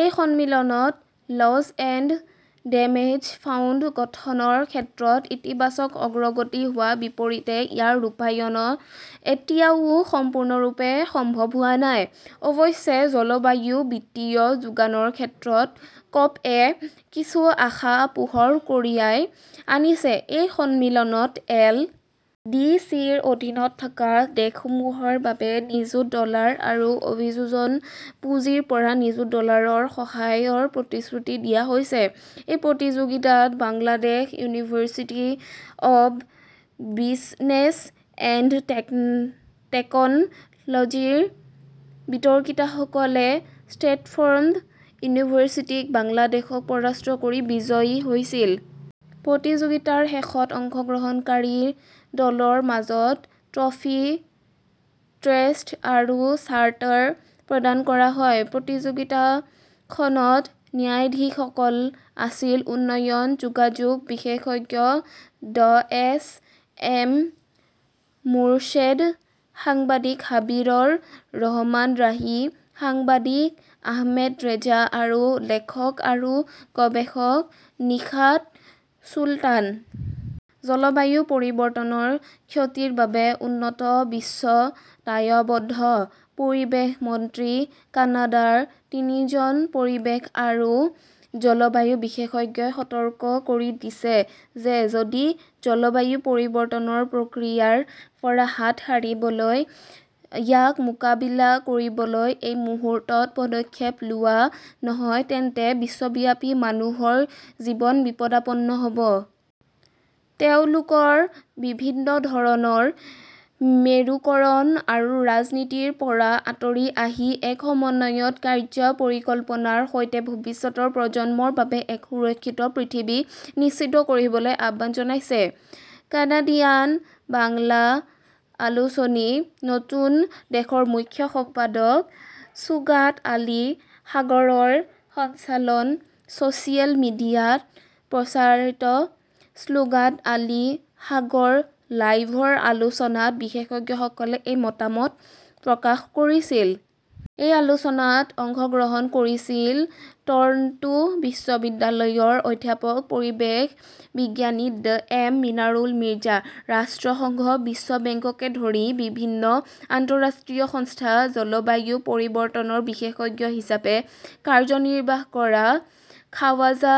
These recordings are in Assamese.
এই সন্মিলনত লছ এণ্ড ডেমেজ ফাণ্ড গঠনৰ ক্ষেত্ৰত ইতিবাচক অগ্ৰগতি হোৱাৰ বিপৰীতে ইয়াৰ ৰূপায়ণ এতিয়াও সম্পূৰ্ণৰূপে সম্ভৱ হোৱা নাই। অৱশ্যে জলবায়ু বিত্তীয় যোগানৰ ক্ষেত্ৰত কপ- -এ কিছু আশাৰ পোহৰ কঢ়িয়াই আনিছে। এই সন্মিলনত এল. ডি. চি. -ৰ অধীনত থকা দেশসমূহৰ বাবে নিযুত ডলাৰ আৰু অভিযোজন পুঁজিৰ পৰা নিযুত ডলাৰৰ সহায়ৰ প্ৰতিশ্ৰুতি দিয়া হৈছে। এই প্ৰতিযোগিতাত Bangladesh University of Business and টেকন 'লজিৰ বিতৰ্কিতসকলে ষ্টেমফৰ্ড ইউনিভাৰ্চিটিক বাংলাদেশক পৰাস্ত কৰি বিজয়ী হৈছিল। প্ৰতিযোগিতাৰ শেষত অংশগ্ৰহণকাৰী দলৰ মাজত ট্ৰফী, ক্ৰেষ্ট আৰু চাৰ্টাৰ প্ৰদান কৰা হয়। প্ৰতিযোগিতাখনত ন্যায়াধীশসকল আছিল-উন্নয়ন যোগাযোগ বিশেষজ্ঞ ড এছ. এম. মোৰশ্বেদ, সাংবাদিক হাবিবৰ ৰহমান ৰাহি, সাংবাদিক আহমেদ ৰেজা আৰু লেখক আৰু গৱেষক নিশাত চুলতান। জলবায়ু পৰিৱৰ্তনৰ ক্ষতিৰ বাবে উন্নত বিশ্ব দায়বদ্ধঃ পৰিৱেশ মন্ত্ৰী কানাডাৰ তিনিজন পৰিৱেশ আৰু জলবায়ু বিশেষজ্ঞই সতৰ্ক কৰি দিছে যে যদি জলবায়ু পৰিৱৰ্তনৰ প্ৰতিক্ৰিয়াৰ পৰা হাত সাৰিবলৈ ইয়াক মোকাবিলা কৰিবলৈ এই মুহূৰ্তত পদক্ষেপ লোৱা নহয় তেন্তে বিশ্বব্যাপী মানুহৰ জীৱন বিপদাপন্ন হ 'ব। তেওঁলোকে বিভিন্ন ধৰণৰ মেৰুকৰণ আৰু ৰাজনীতিৰ পৰা আঁতৰি আহি এক সমন্বিত কাৰ্য্য পৰিকল্পনাৰ সৈতে ভৱিষ্যতৰ প্ৰজন্মৰ বাবে এক সুৰক্ষিত পৃথিৱী নিশ্চিত কৰিবলৈ আহ্বান জনাইছে। কানাডিয়ান বাংলা আলোচনী নতুন দেশৰ মুখ্য সম্পাদক শ্বোগাট আলী সাগৰৰ সঞ্চালনাত ছ "চিয়েল মিডিয়াত প্ৰচাৰিত শ্বোগাট আলী সাগৰ লাইভৰ আলোচনাত বিশেষজ্ঞসকলে এই মতামত প্ৰকাশ কৰিছিল। এই আলোচনাত অংশগ্ৰহণ কৰিছিল টৰন্টো বিশ্ববিদ্যালয়ৰ অধ্যাপক পৰিৱেশ বিজ্ঞানী ড এম. মনিৰুল মিৰ্জা, ৰাষ্ট্ৰসংঘ, বিশ্ব বেংককে ধৰি বিভিন্ন আন্তঃৰাষ্ট্ৰীয় সংস্থাত জলবায়ু পৰিৱৰ্তনৰ বিশেষজ্ঞ হিচাপে কাৰ্যনিৰ্বাহ কৰা খাৱাজা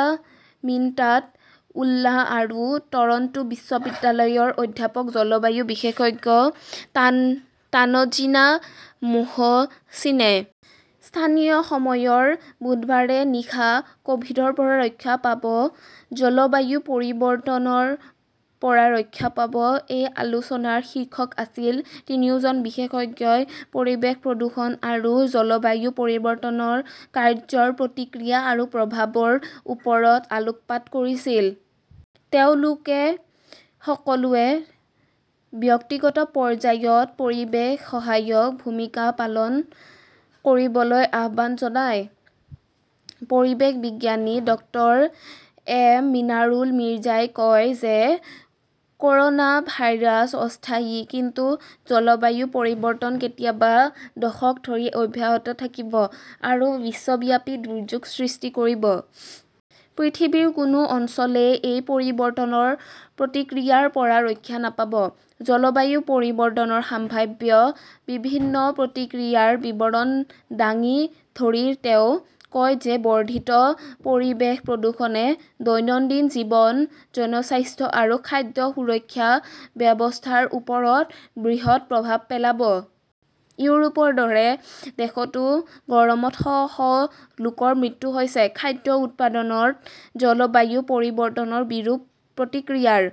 মিন্নাট উল্লা আৰু টৰন্টো বিশ্ববিদ্যালয়ৰ অধ্যাপক জলবায়ু বিশেষজ্ঞ তানজিনা মোহচিনে। স্থানীয় সময়ৰ বুধবাৰে নিশা 'ক "ভিডৰ পৰা ৰক্ষা পাব, জলবায়ু পৰিৱৰ্তনৰ পৰা ৰক্ষা পাব! " এই আলোচনাৰ শীৰ্ষক আছিল '। তিনিওজন বিশেষজ্ঞই পৰিৱেশ প্ৰদূষণ আৰু জলবায়ু পৰিৱৰ্তনৰ কাৰ্য্যৰ প্ৰতিক্ৰিয়া আৰু প্ৰভাৱৰৰ ওপৰত আলোকপাত কৰিছিল। তেওঁলোকে সকলোকে ব্যক্তিগত পৰ্যায়ত পৰিৱেশ সহায়ক ভূমিকা পালন কৰিবলৈ আহ্বান জনায়। পৰিৱেশ বিজ্ঞানী ডাঃ এম মনিৰুল মিৰ্জাই কয় যে কৰ 'না ভাইৰাছ অস্থায়ী কিন্তু জলবায়ু পৰিৱৰ্তন কেইবা দশক ধৰি অব্যাহত থাকিব আৰু বিশ্বব্যাপী দুৰ্যোগৰ সৃষ্টি কৰিব। পৃথিৱীৰ কোনো অঞ্চলই এই পৰিৱৰ্তনৰ প্ৰতিক্ৰিয়াৰ পৰা ৰক্ষা নাপাব। জলবায়ু পৰিৱৰ্তনৰ সম্ভাৱ্য বিভিন্ন প্ৰতিক্ৰিয়াৰ বিৱৰণ দাঙি ধৰি তেওঁ কয় যে বৰ্ধিত পৰিৱেশ প্ৰদূষণে দৈনন্দিন জীৱন, জনস্বাস্থ্য আৰু খাদ্য সুৰক্ষা ব্যৱস্থাৰ ওপৰত বৃহৎ প্ৰভাৱ পেলাব। ইউৰোপৰ দৰে দেশতও গৰমত শ শ লোকৰ মৃত্যু হৈছে। খাদ্য উৎপাদনত জলবায়ু পৰিৱৰ্তনৰ বিৰূপ প্ৰতিক্ৰিয়াৰ